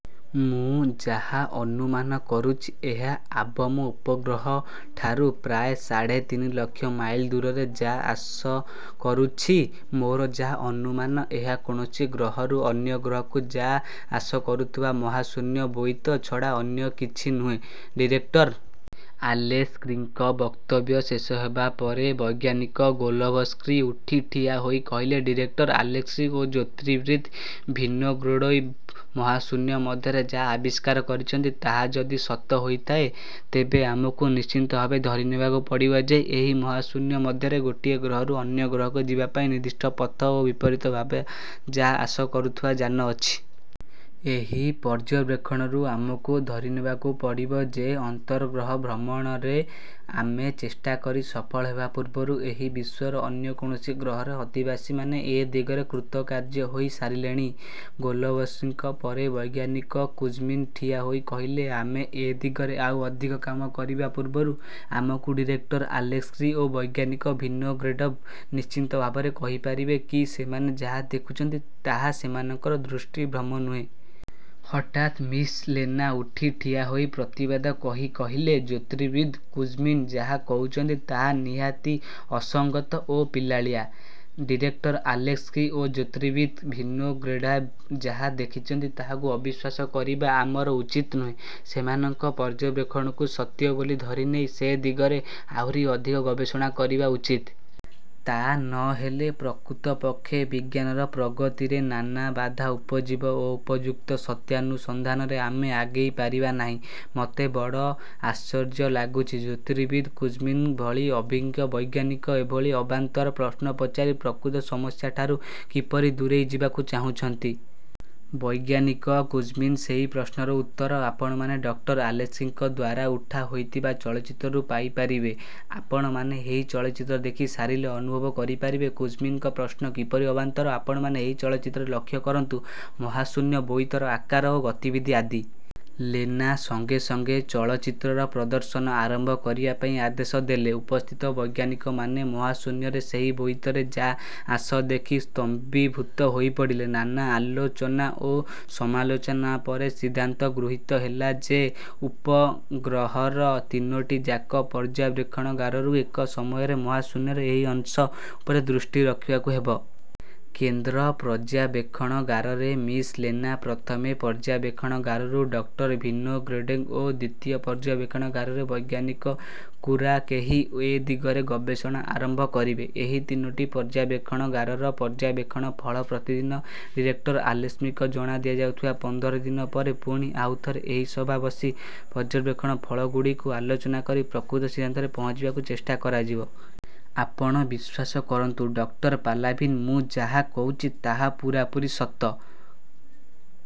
ମୁଁ ଯାହା ଅନୁମାନ କରୁଛି, ଏହା ଆବମ ଉପଗ୍ରହଠାରୁ ପ୍ରାୟ ସାଢ଼େ ତିନି ଲକ୍ଷ ମାଇଲ ଦୂରରେ ଯା-ଆସ କରୁଛି। ମୋର ଯାହା ଅନୁମାନ, ଏହା କୌଣସି ଗ୍ରହରୁ ଅନ୍ୟ ଗ୍ରହକୁ ଯା-ଆସ କରୁଥିବା ମହାଶୂନ୍ୟ ବୋଇତ ଛଡ଼ା ଅନ୍ୟ କିଛି ନୁହେଁ। '' ଡିରେକ୍ଟର ଆଲେସ୍କିଙ୍କ ବକ୍ତବ୍ୟ ଶେଷ ହେବା ପରେ ବୈଜ୍ଞାନିକ ଗୋଲେଭସ୍କି ଉଠି ଠିଆହୋଇ କହିଲେ, 'ଡିରେକ୍ଟର ଆଲେସ୍କି ଓ ଜ୍ୟୋତିର୍ବିତ୍ ଭିନୋଗ୍ରେଡ଼ୋଭ୍ ମହାଶୂନ୍ୟ ମଧ୍ୟରେ ଯାହା ଆବିଷ୍କାର କରିଛନ୍ତି, ତାହା ଯଦି ସତ ହୋଇଥାଏ ତେବେ ଆମକୁ ନିଶ୍ଚିତ ଭାବେ ଧରିନେବାକୁ ପଡ଼ିବ ଯେ, ଏହି ମହାଶୂନ୍ୟ ମଧ୍ୟରେ ଗୋଟିଏ ଗ୍ରହରୁ ଅନ୍ୟ ଗ୍ରହକୁ ଯିବାପାଇଁ ନିର୍ଦ୍ଦିଷ୍ଟ ପଥ ଓ ବିପରୀତ ଭାବେ ଯା-ଆସ କରୁଥିବା ଯାନ ଅଛି। ଏହି ପର୍ଯ୍ୟବେକ୍ଷଣରୁ ଆମକୁ ଧରିନେବାକୁ ପଡ଼ିବ ଯେ ଅନ୍ତର୍ଗହ ଭ୍ରମଣରେ ଆମେ ଚେଷ୍ଟା କରି ସଫଳ ହେବା ପୂର୍ବରୁ ଏହି ବିଶ୍ୱର ଅନ୍ୟ କୌଣସି ଗ୍ରହର ଅଧିବାସୀମାନେ ଏ ଦିଗରେ କୃତକାର୍ଯ୍ୟ ହୋଇ ସାରିଲେଣି। '' ଗୋଲେଭସ୍କିଙ୍କ ପରେ ବୈଜ୍ଞାନିକ କୁଜ୍ମିନ୍ ଠିଆହୋଇ କହିଲେ, ''ଆମେ ଏ ଦିଗରେ ଆଉ ଅଧିକ କାମ କରିବା ପୂର୍ବରୁ ଆମକୁ ଡିରେକ୍ଟର ଆଲେସ୍କି ଓ ବୈଜ୍ଞାନିକ ଭିନୋଗ୍ରେଡ଼ୋଭ୍ ନିଶ୍ଚିତ ଭାବରେ କହିପାରିବେ କି ସେମାନେ ଯାହା ଦେଖିଛନ୍ତି ତାହା ସେମାନଙ୍କର ଦୃଷ୍ଟିଭ୍ରମ ନୁହେଁ-? '' ହଠାତ୍ ମିସ୍ ଲେନା ଉଠି ଠିଆହୋଇ ପ୍ରତିବାଦ କହି କହିଲେ, ''ଜ୍ୟୋତିର୍ବିତ୍ କୁଜ୍ମିନ୍ ଯାହା କହୁଛନ୍ତି, ତାହା ନିହାତି ଅସଙ୍ଗତ ଓ ପିଲାଳିଆ। ଡିରେକ୍ଟର ଆଲେସ୍କି ଓ ଜ୍ୟୋତିର୍ବିତ୍ ଭିନୋଗ୍ରେଡ଼ୋଭ୍ ଯାହା ଦେଖିଛନ୍ତି, ତାହାକୁ ଅବିଶ୍ୱାସ କରିବା ଆମର ଉଚିତ ନୁହେଁ। ସେମାନଙ୍କ ପର୍ଯ୍ୟବେକ୍ଷଣକୁ ସତ୍ୟ ବୋଲି ଧରିନେଇ ସେ ଦିଗରେ ଆହୁରି ଅଧିକ ଗବେଷଣା କରିବା ଉଚିତ। ତା' ନହେଲେ ପ୍ରକୃତପକ୍ଷେ ବିଜ୍ଞାନର ପ୍ରଗତିରେ ନାନା ବାଧା ଉପୁଜିବ ଓ ଉପଯୁକ୍ତ ସତ୍ୟାନୁସନ୍ଧାନରେ ଆମେ ଆଗେଇ ପାରିବା ନାହିଁ। ମୋତେ ବଡ଼ ଆଶ୍ଚର୍ଯ୍ୟ ଲାଗୁଛି, ଜ୍ୟୋତିର୍ବିତ୍ କୁଜ୍ମିନ୍ଙ୍କ ଭଳି ଅଭିଜ୍ଞ ବୈଜ୍ଞାନିକ ଏଭଳି ଅବାନ୍ତର ପ୍ରଶ୍ନ ପଚାରି ପ୍ରକୃତ ସମସ୍ୟାଠାରୁ କିପରି ଦୂରେଇ ଯିବାକୁ ଚାହୁଁଛନ୍ତି। ବୈଜ୍ଞାନିକ କୁଜ୍ମିନ୍ଙ୍କ ସେହି ପ୍ରଶ୍ନର ଉତ୍ତର ଆପଣମାନେ ଡକ୍ଟର ଆଲେସ୍କିଙ୍କ ଦ୍ୱାରା ଉଠାହୋଇଥିବା ଚଳଚ୍ଚିତ୍ରରୁ ପାଇ ପାରିବେ। ଆପଣମାନେ ଏହି ଚଳଚ୍ଚିତ୍ର ଦେଖି ସାରିଲେ ଅନୁଭବ କରିପାରିବେ କୁଜ୍ମିନ୍ଙ୍କ ପ୍ରଶ୍ନ କିପରି ଅବାନ୍ତର! ଆପଣମାନେ ଏହି ଚଳଚ୍ଚିତ୍ରର ଲକ୍ଷ୍ୟ କରନ୍ତୁ ମହାଶୂନ୍ୟ ବୋଇତର ଆକାର ଓ ଗତିବିଧି ଆଦି। '' ଲେନା ସଙ୍ଗେ ସଙ୍ଗେ ଚଳଚ୍ଚିତ୍ରର ପ୍ରଦର୍ଶନ ଆରମ୍ଭ କରିବା ପାଇଁ ଆଦେଶ ଦେଲେ। ଉପସ୍ଥିତ ବୈଜ୍ଞାନିକମାନେ ମହାଶୂନ୍ୟରେ ସେହି ବୋଇତର ଯା' ଆସ ଦେଖି ସ୍ତମ୍ଭୀଭୂତ ହୋଇପଡ଼ିଲେ। ନାନା ଆଲୋଚନା ଓ ସମାଲୋଚନା ପରେ ସିନ୍ଧାନ୍ତ ଗୃହୀତ ହେଲା ଯେ, ଉପଗଗ୍ରହର ତିନୋଟିଯାକ ପର୍ଯ୍ୟବେକ୍ଷଣାଗାରରୁ ଏକ ସମୟରେ ମହାଶୂନ୍ୟର ଏହି ଅଂଶ ଉପରେ ଦୃଷ୍ଟି ରଖିବାକୁ ହେବ। କେନ୍ଦ୍ର ପର୍ଯ୍ୟବେକ୍ଷଣାଗାରରେ ମିସ୍ ଲେନା, ପ୍ରଥମେ ପର୍ଯ୍ୟବେକ୍ଷଣାଗାରରୁ ଡକ୍ଟର ଭିନୋଗ୍ରେଡ଼ୋଭ୍ ଓ ଦ୍ୱିତୀୟ ପର୍ଯ୍ୟବେକ୍ଷଣାଗାରରେ ବୈଜ୍ଞାନିକ। କୁରାକେହି ଏ ଦିଗରେ ଗବେଷଣା ଆରମ୍ଭ କରିବେ। ଏହି ତିନୋଟି ପର୍ଯ୍ୟବେକ୍ଷଣାଗାରର ପର୍ଯ୍ୟବେକ୍ଷଣ ଫଳ ପ୍ରତିଦିନ ଡିରେକ୍ଟର ଆଲେସ୍କିଙ୍କୁ ଜଣାଇ ଦିଆଯାଉଥିବ। ପନ୍ଦର ଦିନ ପରେ ପୁଣି ଆଉ ଥରେ ଏହି ସଭା ବସି ପର୍ଯ୍ୟବେକ୍ଷଣ ଫଳଗୁଡ଼ିକୁ ଆଲୋଚନା କରି ପ୍ରକୃତ ସିଦ୍ଧାନ୍ତରେ ପହଞ୍ଚିବାକୁ ଚେଷ୍ଟା କରାଯିବ। ''ଆପଣ ବିଶ୍ୱାସ କରନ୍ତୁ. ଡକ୍ଟର ପାଲାଭିନ୍, ମୁଁ ଯାହା କହୁଛି ତାହା ପୂରାପୂରି ସତ। ଗତ